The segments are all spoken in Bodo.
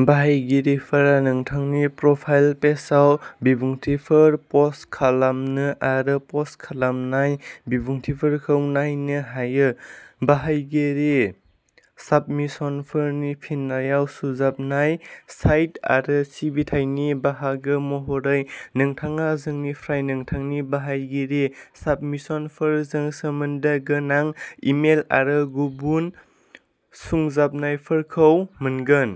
बाहायगिरिफोरा नोंथांनि प्रफाइल पेजआव बिबुंथिफोर पस्ट खालामनो आरो पस्ट खालामनाय बिबुंथिफोरखौ नायनो हायो। बाहायगिरि साबमिशनफोरनि फिननायाव सुंजाबनाय साइट आरो सिबिथायनि बाहागो महरै, नोंथाङा जोंनिफ्राय नोंथांनि बाहायगिरि साबमिशनफोरजों सोमोन्दो गोनां इमेल आरो गुबुन सुंजाबनायफोरखौ मोनगोन।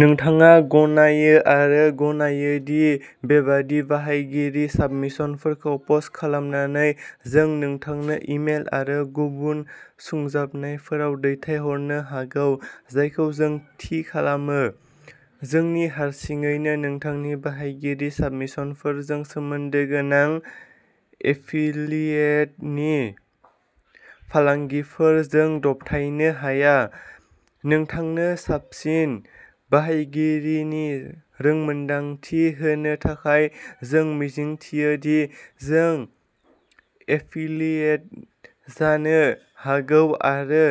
नोंथाङा गनायो आरो गनायो दि बेबादि बाहायगिरि साबमिशनफोरखौ पस्ट खालामनानै, जों नोंथांनो इमेल आरो गुबुन सुंजाबनायफोराव दैथायहरनो हागौ जायखौ जों थि खालामो, जोंनि हारसिङैनो, नोंथांनि बाहायगिरि साबमिशनफोरजों सोमोन्दो गोनां। एफिलियेटेड फालांगिफोरजों दबथायनो हाया नोंथांनो साबसिन बाहायगिरिनि रोंमोनदांथि होनो थाखाय, जों मिजिंथियो दि जों एफिलियेटेड जानो हागौ आरो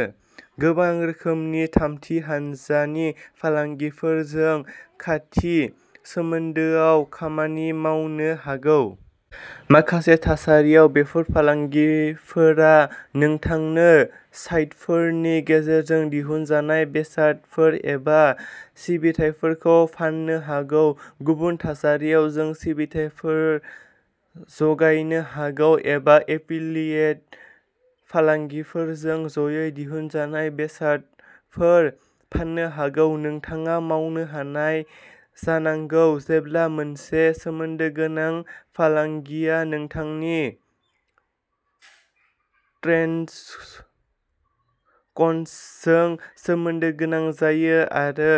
गोबां रोखोमनि थामथि हान्जानि फालांगिफोरजों खाथि सोमोन्दोआव खामानि मावनो हागौ। माखासे थासारियाव, बेफोर फालांगिफोरा नोंथांनो साइटफोरनि गेजेरजों दिहुनजानाय बेसादफोर एबा सिबिथाइफोरखौ फान्नो हागौ। गुबुन थासारियाव, जों सिबिथाइफोर जगायनो हागौ, एबा एफिलियेटेड फालांगिफोरजों ज'यै दिहुनजानाय बेसादफोर फाननो हागौ। नोंथाङा मावनो हानाय जानांगौ। जेब्ला मोनसे सोमोन्दो गोनां फालांगिया नोंथांनि ट्रेन्सकन्सजों सोमोन्दो गोनां जायो, आरो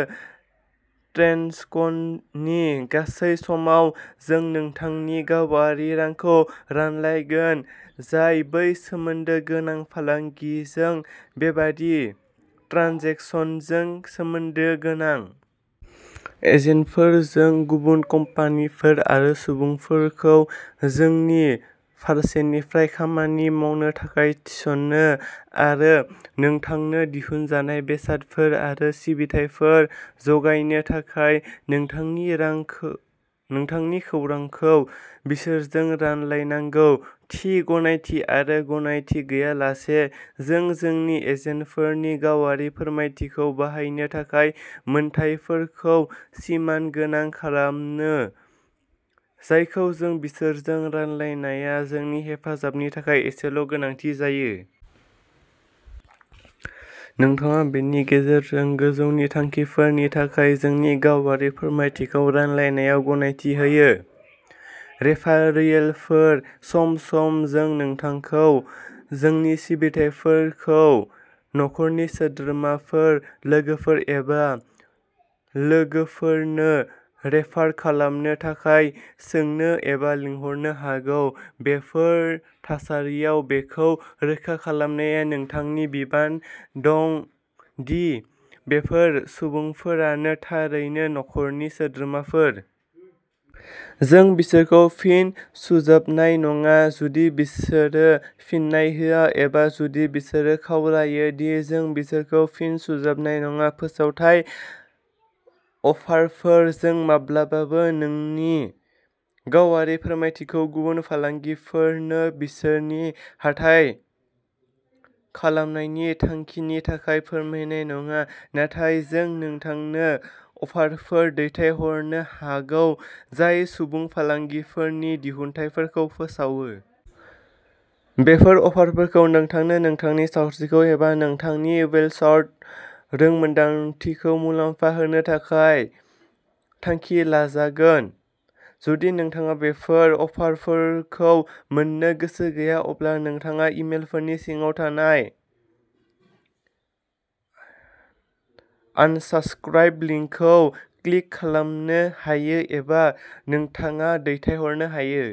ट्रेन्सकन्सनि गासै समाव, जों नोंथांनि गावारि खौरांखौ रानलायगोन जाय बै सोमोन्दो गोनां फालांगिजों बेबादि ट्रेन्जेकसनजों सोमोन्दो गोनां। एजेन्टफोरजों गुबुन कम्पानिफोर आरो सुबुंफोरखौ जोंनि फारसेनिफ्राय खामानि मावनो थाखाय थिसनो आरो नोंथांनो दिहुनजानाय बेसादफोर आरो सिबिथाइफोर जगायनो थाखाय नोंथांनि खौरांखौ बिसोरजों रानलायनांगौ। थि गनायथि आरो गनायथि गैयालासे, जों जोंनि एजेन्टफोरनि गावारि फोरमायथिखौ बाहायनो थाखाय मोनथायफोरखौ सिमागोनां खालामो जायखौ जों बिसोरजों रानलायनाया जोंनि हेफाजाबनि थाखाय एसेल' गोनांथि जायो। नोंथाङा बेनि गेजेरजों गोजौनि थांखिफोरनि थाखाय जोंनि गावारि फोरमायथिखौ रानलायनायाव गनायथि होयो। रेफारियेलफोर सम सम, जों नोंथांखौ जोंनि सिबिथाइफोरखौ नखरनि सोद्रोमाफोर, लोगोफोर एबा लोगोफोरनो रेफार खालामनो थाखाय सोंनो एबा लिंहरनो हागौ। बेफोर थासारियाव, बेखौ रोखा खालामनाया नोंथांनि बिबान दं दि बेफोर सुबुंफोरानो थारैनो नखरनि सोद्रोमाफोर। जों बिसोरखौ फिन सुजाबनाय नङा जुदि बिसोरो फिन्नाय होआ एबा जुदि बिसोरो खावलायो दि जों बिसोरखौ फिन सुजाबनाय नङा। फोसावथाय अफारफोर जों माब्लाबाबो नोंनि गावारि फोरमायथिखौ गुबुन फालांगिफोरनो बिसोरनि हाथाय खालामनायनि थांखिनि थाखाय फोरमायनाय नङा, नाथाय जों नोंथांनो अफारफोर दैथायहरनो हागौ जाय गुबुन फालांगिफोरनि दिहुनथायफोरखौ फोसावो। बेफोर अफारफोरा नोंथांनो, नोंथांनि सावस्रिखौ, एबा नोंथांनि वेलसार्ट रोंमोनदांथिखौ मुलाम्फा होनो थाखाय थांखि लाजागोन। जुदि नोंथाङा बेफोर अफारफोरखौ मोन्नो गोसो गैया, अब्ला नोंथाङा इमेलफोरनि सिङाव थानाय "आनसाबस्क्राइब" लिंकखौ क्लिक खालामनो हायो एबा नोंथाङा दैथायहरनो हायो।